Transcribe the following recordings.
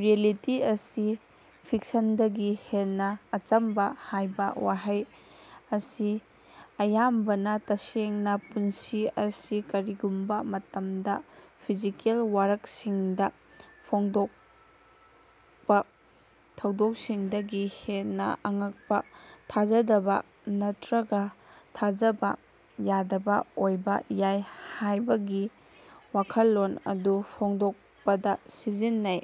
Reality ꯑꯁꯤ ꯐꯤꯛꯁꯟꯗꯒꯤ ꯍꯦꯟꯅꯥ ꯑꯆꯝꯕ ꯍꯥꯏꯕ ꯋꯥꯍꯩ ꯑꯁꯤ ꯑꯌꯥꯝꯕꯅ ꯇꯁꯦꯡꯅꯥ ꯄꯨꯟꯁꯤ ꯑꯁꯤ ꯀꯔꯤꯒꯨꯝꯕ ꯃꯇꯝꯗꯥ ꯐꯤꯖꯤꯀꯦꯜ ꯋꯥꯔꯛꯁꯤꯡꯗꯥ ꯐꯣꯡꯗꯣꯛꯄꯥ ꯊꯧꯗꯣꯛꯁꯤꯡꯗꯒꯤ ꯍꯦꯟꯅꯥ ꯑꯉꯛꯄꯥ, ꯊꯥꯖꯗꯕꯥ ꯅꯠꯇ꯭ꯔꯒꯥ ꯊꯥꯖꯕ ꯌꯥꯗꯕ ꯑꯣꯏꯕ ꯌꯥꯏ ꯍꯥꯏꯕꯒꯤ ꯋꯥꯈꯜꯂꯣꯟ ꯑꯗꯨ ꯐꯣꯡꯗꯣꯛꯄꯗꯥ ꯁꯤꯖꯤꯟꯅꯩ꯫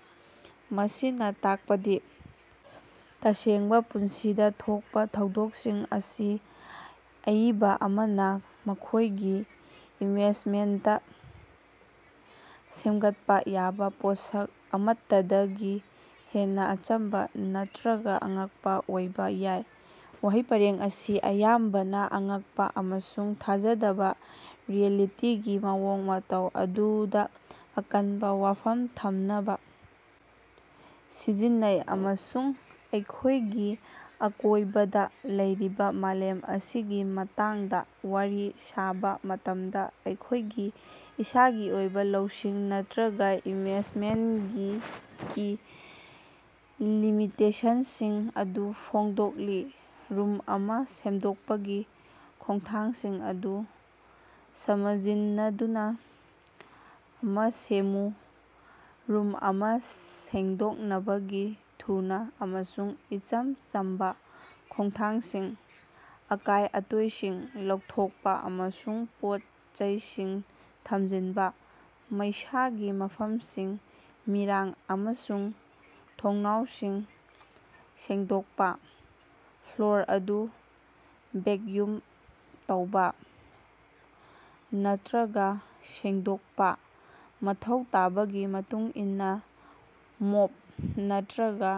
ꯃꯁꯤꯅ ꯇꯥꯛꯄꯗꯤ ꯇꯁꯦꯡꯕꯥ ꯄꯨꯟꯁꯤꯗꯥ ꯊꯣꯛꯄꯥ ꯊꯧꯗꯣꯛꯁꯤꯡ ꯑꯁꯤ ꯑꯏꯕꯥ ꯑꯃꯅ ꯃꯈꯣꯏꯒꯤ ꯏꯃꯦꯖꯃꯦꯟꯇꯥ ꯁꯦꯝꯒꯠꯄꯥ ꯌꯥꯕ ꯄꯣꯠꯁꯛ ꯑꯃꯠꯇꯗꯒꯤ ꯍꯦꯟꯅꯥ ꯑꯆꯝꯕꯥ ꯅꯠꯇ꯭ꯔꯒꯥ ꯑꯉꯛꯄꯥ ꯑꯣꯏꯕ ꯌꯥꯏ꯫ ꯋꯥꯍꯩ ꯄꯔꯦꯡ ꯑꯁꯤ ꯑꯌꯥꯝꯕꯅ ꯑꯉꯛꯄꯥ ꯑꯃꯁꯨꯡ ꯊꯥꯖꯗꯕꯥ ꯔꯤꯑꯦꯂꯤꯇꯤꯒꯤ ꯃꯑꯣꯡ ꯃꯇꯧ ꯑꯗꯨꯗꯥ ꯑꯀꯟꯕꯥ ꯋꯥꯐꯝ ꯊꯝꯅꯕꯥ ꯁꯤꯖꯤꯟꯅꯩ, ꯑꯃꯁꯨꯡ ꯑꯩꯈꯣꯏꯒꯤ ꯑꯀꯣꯏꯕꯗꯥ ꯂꯩꯔꯤꯕ ꯃꯥꯂꯦꯝ ꯑꯁꯤꯒꯤ ꯃꯇꯥꯡꯗ ꯋꯥꯔꯤ ꯁꯥꯕ ꯃꯇꯝꯗꯥ ꯑꯩꯈꯣꯏꯒꯤ ꯏꯁꯥꯒꯤ ꯑꯣꯏꯕ ꯂꯧꯁꯤꯡ ꯅꯠꯇ꯭ꯔꯒꯥ ꯏꯃꯦꯖꯃꯦꯟꯀꯤ ꯂꯤꯃꯤꯇꯦꯁꯟꯁꯤꯡ ꯑꯗꯨ ꯐꯣꯡꯗꯣꯛꯂꯤ꯫ ꯔꯨꯝ ꯑꯃ ꯁꯦꯡꯗꯣꯛꯄꯒꯤ ꯈꯣꯡꯊꯥꯡꯁꯤꯡ ꯑꯗꯨ ꯁꯃꯖꯤꯟꯅꯗꯨꯅꯥ ꯑꯃ ꯁꯦꯝꯃꯨ꯫ ꯔꯨꯝ ꯑꯃ ꯁꯦꯡꯗꯣꯛꯅꯕꯒꯤ ꯊꯨꯅꯥ ꯑꯃꯁꯨꯡ ꯏꯆꯝ ꯆꯝꯕꯥ ꯈꯣꯡꯊꯥꯡꯁꯤꯡ: ꯑꯀꯥꯏ-ꯑꯇꯣꯏꯁꯤꯡ ꯂꯧꯊꯣꯛꯄꯥ ꯑꯃꯁꯨꯡ ꯄꯣꯠ-ꯆꯩꯁꯤꯡ ꯊꯝꯖꯤꯟꯕꯥ ꯃꯩꯁꯥꯒꯤ ꯃꯐꯝꯁꯤꯡ ꯃꯤꯔꯥꯡ ꯑꯃꯁꯨꯡ ꯊꯣꯡꯅꯥꯎꯁꯤꯡ ꯁꯦꯡꯗꯣꯛꯄꯥ ꯐ꯭ꯂꯣꯔ ꯑꯗꯨ ꯚꯦꯛꯌꯨꯝ ꯇꯧꯕ ꯅꯠꯇ꯭ꯔꯒꯥ ꯁꯦꯡꯗꯣꯛꯄꯥ ꯫ꯃꯊꯧ ꯇꯥꯕꯒꯤ ꯃꯇꯨꯡꯏꯟꯅꯥ ꯃꯣꯞ ꯅꯠꯇ꯭ꯔꯒꯥ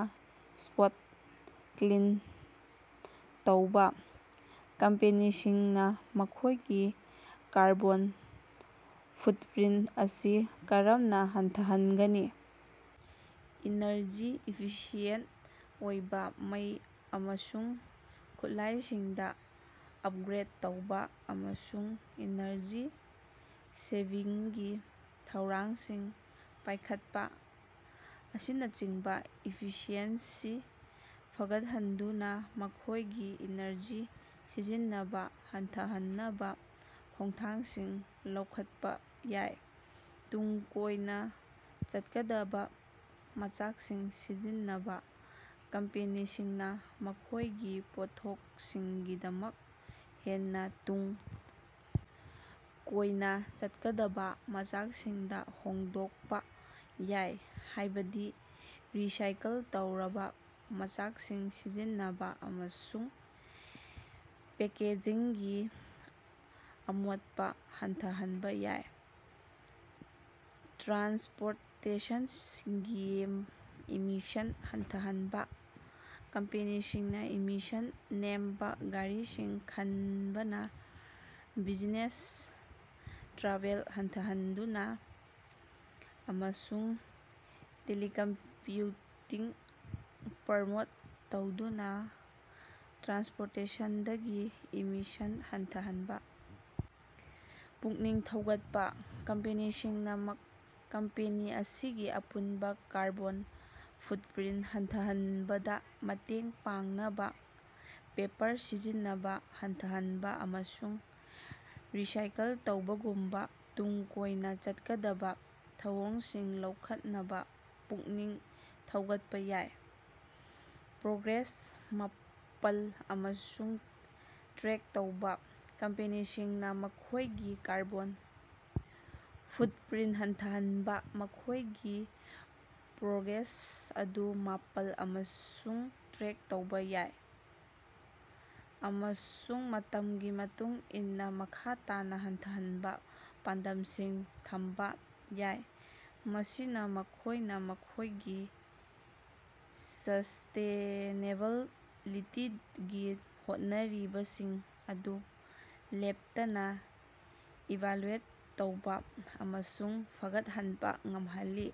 ꯁ꯭ꯄꯣꯠ ꯀ꯭ꯂꯤꯟ ꯇꯧꯕ꯫ ꯀꯝꯄꯦꯅꯤꯁꯤꯡꯅꯥ ꯃꯈꯣꯏꯒꯤ ꯀꯥꯔꯕꯣꯟ ꯐꯨꯠꯄ꯭ꯔꯤꯟ ꯑꯁꯤ ꯀꯔꯝꯅꯥ ꯍꯟꯊꯍꯟꯒꯅꯤ? ꯏꯅꯔꯖꯤ ꯏꯐꯤꯁꯤꯌꯦꯟ ꯑꯣꯏꯕ ꯃꯩ ꯑꯃꯁꯨꯡ ꯈꯨꯠꯂꯥꯏꯁꯤꯡꯗ ꯑꯞꯒ꯭ꯔꯦꯠ ꯇꯧꯕ, ꯑꯃꯁꯨꯡ ꯏꯅꯔꯖꯤ ꯁꯦꯚꯤꯡꯒꯤ ꯊꯧꯔꯥꯡꯁꯤꯡ ꯄꯥꯏꯈꯠꯄ ꯑꯁꯤꯅꯆꯤꯡꯕ ꯏꯐꯤꯁꯤꯑꯦꯟꯁꯤ ꯐꯒꯠꯍꯟꯗꯨꯅꯥ ꯃꯈꯣꯏꯒꯤ ꯏꯅꯔꯖꯤ ꯁꯤꯖꯤꯟꯅꯕꯥ ꯍꯟꯊꯍꯟꯅꯕꯥ ꯈꯣꯡꯊꯥꯡꯁꯤꯡ ꯂꯧꯈꯠꯄꯥ ꯌꯥꯏ꯫ ꯇꯨꯡ ꯀꯣꯏꯅꯥ ꯆꯠꯀꯗꯕꯥ ꯃꯆꯥꯛꯁꯤꯡ ꯁꯤꯖꯤꯟꯅꯕꯥ: ꯀꯝꯄꯦꯅꯤꯁꯤꯡꯅꯥ ꯃꯈꯣꯏꯒꯤ ꯄꯣꯠꯊꯣꯛꯁꯤꯡꯒꯤꯗꯃꯛ ꯍꯦꯟꯅꯥ ꯇꯨꯡ ꯀꯣꯏꯅꯥ ꯆꯠꯀꯗꯕꯥ ꯃꯆꯥꯛꯁꯤꯡꯗꯥ ꯍꯣꯡꯗꯣꯛꯄꯥ ꯌꯥꯏ, ꯍꯥꯏꯕꯗꯤ ꯔꯤꯁꯥꯏꯀꯜ ꯇꯧꯔꯕꯥ ꯃꯆꯥꯛꯁꯤꯡ ꯁꯤꯖꯤꯟꯅꯕꯥ, ꯑꯃꯁꯨꯡ ꯄꯦꯀꯦꯖꯤꯡꯒꯤ ꯑꯃꯣꯠꯄꯥ ꯍꯟꯊꯍꯟꯕꯥ ꯌꯥꯏ꯫ ꯇ꯭ꯔꯥꯟꯁꯄꯣꯔꯇꯦꯁꯟꯒꯤ ꯏꯃꯤꯁꯟ ꯍꯟꯊꯍꯟꯕꯥ: ꯀꯝꯄꯦꯅꯤꯁꯤꯡꯅꯥ ꯏꯃꯤꯁꯟ ꯅꯦꯝꯕꯥ ꯒꯥꯔꯤꯁꯤꯡ ꯈꯟꯕꯅꯥ, ꯕꯤꯖꯤꯅꯦꯁ ꯇ꯭ꯔꯥꯚꯦꯜ ꯍꯟꯊꯍꯟꯗꯨꯅꯥ, ꯑꯃꯁꯨꯡ ꯇꯦꯂꯤꯀꯝꯌꯨꯇꯤꯡ ꯄ꯭ꯔꯃꯣꯠ ꯇꯧꯗꯨꯅꯥ ꯇ꯭ꯔꯥꯟꯁꯄꯣꯔꯇꯦꯁꯟꯗꯒꯤ ꯏꯃꯤꯁꯟ ꯍꯟꯊꯍꯟꯕꯥ ꯄꯨꯛꯅꯤꯡ ꯊꯧꯒꯠꯄꯥ: ꯀꯝꯄꯦꯅꯤꯁꯤꯡꯅꯥ ꯀꯝꯄꯦꯅꯤ ꯑꯁꯤꯒꯤ ꯑꯄꯨꯟꯕꯥ ꯀꯥꯔꯕꯣꯟ ꯐꯨꯠꯄ꯭ꯔꯤꯟ ꯍꯟꯊꯍꯟꯕꯗꯥ ꯃꯇꯦꯡ ꯄꯥꯡꯅꯕ ꯄꯦꯄꯔ ꯁꯤꯖꯤꯟꯅꯕꯥ ꯍꯟꯊꯍꯟꯕꯥ ꯑꯃꯁꯨꯡ ꯔꯤꯁꯥꯏꯀꯜ ꯇꯧꯕꯒꯨꯝꯕꯥ ꯇꯨꯡ ꯀꯣꯏꯅꯥ ꯆꯠꯀꯗꯕꯥ ꯊꯧꯑꯣꯡꯁꯤꯡ ꯂꯧꯈꯠꯅꯕꯥ ꯄꯨꯛꯅꯤꯡ ꯊꯧꯒꯠꯄꯥ ꯌꯥꯏ꯫ ꯄ꯭ꯔꯣꯒ꯭ꯔꯦꯁ ꯃꯥꯄꯜ ꯑꯃꯁꯨꯡ ꯇ꯭ꯔꯦꯛ ꯇꯧꯕ: ꯀꯝꯄꯦꯅꯤꯁꯤꯡꯅꯥ ꯃꯈꯣꯏꯒꯤ ꯀꯥꯔꯕꯣꯟ ꯐꯨꯠꯄ꯭ꯔꯤꯟ ꯍꯟꯊꯍꯟꯕꯗꯥ ꯃꯈꯣꯏꯒꯤ ꯄ꯭ꯔꯣꯒ꯭ꯔꯦꯁ ꯑꯗꯨ ꯃꯥꯄꯜ ꯑꯃꯁꯨꯡ ꯇ꯭ꯔꯦꯛ ꯇꯧꯕ ꯌꯥꯏ, ꯑꯃꯁꯨꯡ ꯃꯇꯝꯒꯤ ꯃꯇꯨꯡ ꯏꯟꯅꯥ ꯃꯈꯥ ꯇꯥꯅꯥ ꯍꯟꯊꯍꯟꯅꯕꯥ ꯄꯥꯟꯗꯝꯁꯤꯡ ꯊꯝꯕꯥ ꯌꯥꯏ꯫ ꯃꯁꯤꯅ ꯃꯈꯣꯏꯅ ꯃꯈꯣꯏꯒꯤ ꯁꯁ꯭ꯇꯦꯅꯦꯕꯤꯂꯤꯇꯤꯒꯤ ꯍꯣꯠꯅꯔꯤꯕꯁꯤꯡ ꯑꯗꯨ ꯂꯦꯞꯇꯅꯥ ꯏꯚꯥꯂꯨꯑꯦꯠ ꯇꯧꯕ ꯑꯃꯁꯨꯡ ꯐꯒꯠꯍꯟꯕꯥ ꯉꯝꯍꯜꯂꯤ꯫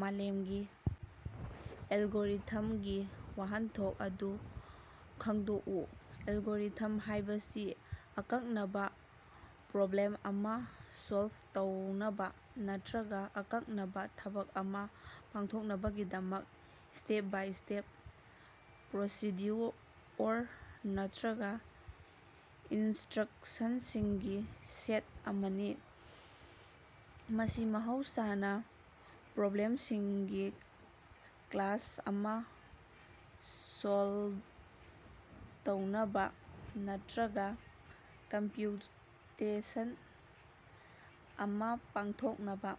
ꯃꯥꯂꯦꯝꯒꯤ 'ꯑꯦꯜꯒꯣꯔꯤꯊꯝ'ꯒꯤ ꯋꯥꯍꯟꯊꯣꯛ ꯑꯗꯨ ꯈꯪꯗꯣꯛꯎ꯫ ꯑꯦꯜꯒꯣꯔꯤꯊꯝ ꯍꯥꯏꯕꯁꯤ ꯑꯀꯛꯅꯕꯥ ꯄ꯭ꯔꯣꯕ꯭ꯂꯦꯝ ꯑꯃ ꯁꯣꯜꯕ ꯇꯧꯅꯕꯥ ꯅꯠꯇ꯭ꯔꯒꯥ ꯑꯀꯛꯅꯕꯥ ꯊꯕꯛ ꯑꯃ ꯄꯥꯡꯊꯣꯛꯅꯕꯒꯤꯗꯃꯛ ꯁ꯭ꯇꯦꯞ-ꯕꯥꯏ-ꯁ꯭ꯇꯦꯞ ꯄ꯭ꯔꯣꯁꯤꯗ꯭ꯌꯨꯑꯣꯔ ꯅꯠꯇ꯭ꯔꯒꯥ ꯏꯟꯁꯇ꯭ꯔꯛꯁꯟꯁꯤꯡꯒꯤ ꯁꯦꯠ ꯑꯃꯅꯤ꯫ ꯃꯁꯤ ꯃꯍꯧꯁꯥꯅ ꯄ꯭ꯔꯣꯕ꯭ꯂꯦꯝꯁꯤꯡꯒꯤ ꯀ꯭ꯂꯥꯁ ꯑꯃ ꯁꯣꯜꯕ ꯇꯧꯅꯕꯥ ꯅꯠꯇ꯭ꯔꯒꯥ ꯀꯝꯄ꯭ꯌꯨꯇꯦꯁꯟ ꯑꯃ ꯄꯥꯡꯊꯣꯛꯅꯕꯥ